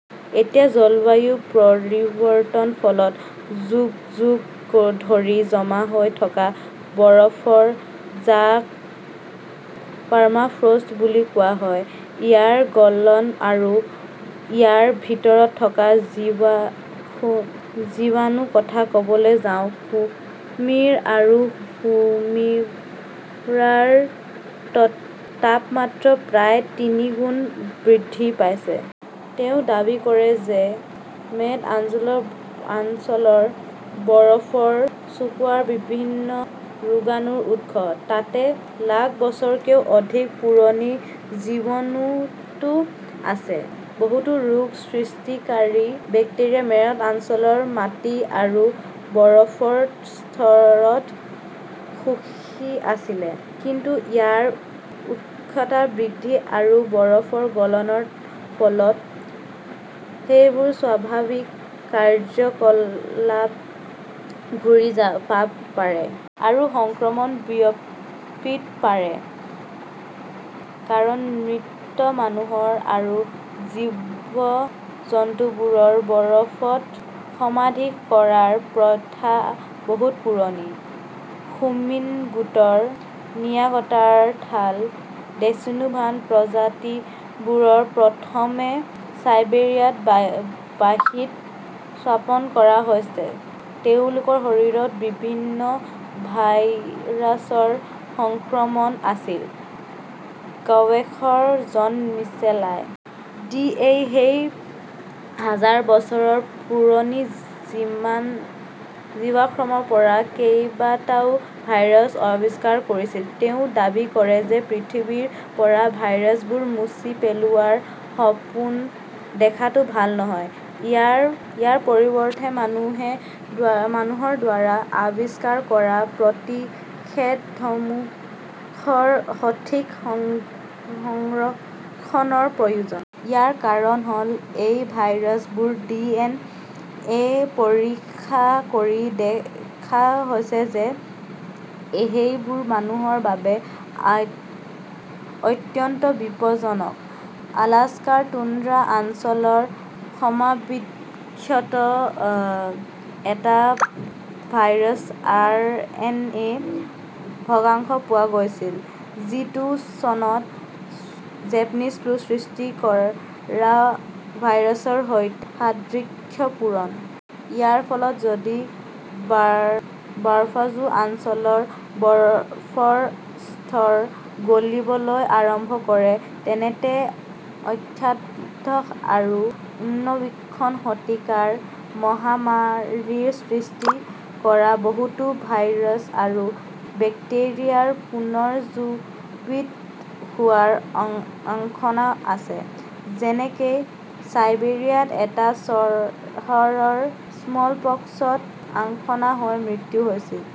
এতিয়া জলবায়ু পৰিৱৰ্তন ফলত যুগ-যুগ ধৰি জমা হৈ থকা বৰফ, যাক পাৰ্মাফ্ৰষ্ট বুলি কোৱা হয়, ইয়াৰ গলন আৰু ইয়াৰ ভিতৰত থকা জ জীৱা জীৱাণুৰ কথা কবলৈ যাওক। কুমিৰা আৰু সুমিৰাৰ তাপমাত্ৰা প্ৰায় তিনিগুণ বৃদ্ধি পাইছে। তেওঁ দাবী কৰে যে মেৰু অঞ্চলৰ বৰফৰ স্তূপবোৰ বিভিন্ন ৰোগাণুৰ উৎস। তাত লাখ বছৰতকৈও অধিক পুৰণি জীৱাণুও আছে। বহুতো ৰোগ সৃষ্টিকাৰী বেক্টেৰিয়া মেৰু অঞ্চলৰ মাটি আৰু বৰফৰ স্তৰত শুই আছিল। কিন্তু ইয়াৰ উষ্ণতা বৃদ্ধি আৰু বৰফ গলনৰ ফলত সেইবোৰে স্বাভাৱিক কাৰ্য্যকলাপ ঘূৰাই পাব পাৰে। আৰু সংক্ৰমণ বিয়পিব পাৰে। কাৰণ মৃত মানুহ আৰু জীৱ-জন্তুবোৰক বৰফত সমাধিস্থ কৰাৰ প্ৰথা বহু পুৰণি। 'হোমিনিন গোটৰ নিয়াণ্ডাৰথাল, ডেচিনোভান প্ৰজাতিবোৰ প্ৰথমে চাইবেৰিয়াত বাসিত স্থাপন কৰা হৈছিল। তেওঁলোকৰ শৰীৰত বিভিন্ন ভাইৰাছৰ সংক্ৰমণ আছিল। গৱেষক জন মিচেল আই. ডি.-এ সেই হাজাৰ বছৰ পূৰ্বৰ জীৱাশ্মৰ পৰা কেইবাটাও ভাইৰাছ আৱিষ্কাৰ কৰিছিল। তেওঁ দাবী কৰে যে পৃথিৱীৰ পৰা ভাইৰাছবোৰ মচি পেলোৱাৰ সপোন দেখাটো ভাল নহয়। ইয়াৰ পৰিৱৰ্তে মানুহৰ দ্বাৰা আৱিষ্কাৰ কৰা প্ৰতিষেধকসমূহৰ সঠিক শং সংৰক্ষণৰ প্ৰয়োজন। ইয়াৰ কাৰণ হল এই ভাইৰাছবোৰ ডি এন এ পৰীক্ষা কৰি দেখা গৈছে যে সেইবোৰ মানুহৰ বাবে আ অত্যন্ত বিপজ্জনক। আলাস্কাৰ টুন্দ্ৰা আঞ্চলৰ সমাবিক্ষত এটা ভাইৰাছৰ আৰ. এন. এ. -ৰ ভগাংশ পোৱা গৈছিল। যিটো চনত স্পেনিছ ফ্লু সৃষ্টি কৰা ভাইৰাছৰ সৈতে সাদৃশ্যপূৰ্ণ। ইয়াৰ ফলত যদি বৰফযুক্ত অঞ্চলৰ বৰফৰ স্তৰ গলিবলৈ আৰম্ভ কৰে তেন্তে অষ্টাদশ আৰু ঊনবিংশ শতিকাৰ মহামাৰীৰ সৃষ্টি কৰা বহুতো ভাইৰাছ আৰু বেক্টেৰিয়াৰ পুনৰুজ্জীৱিত হোৱাৰ আশংকা আছে। যেনেকৈ চাইবেৰিয়াত এটা চহৰৰ স্মলপক্সত আক্ৰান্ত হৈ মৃত্যু হৈছিল।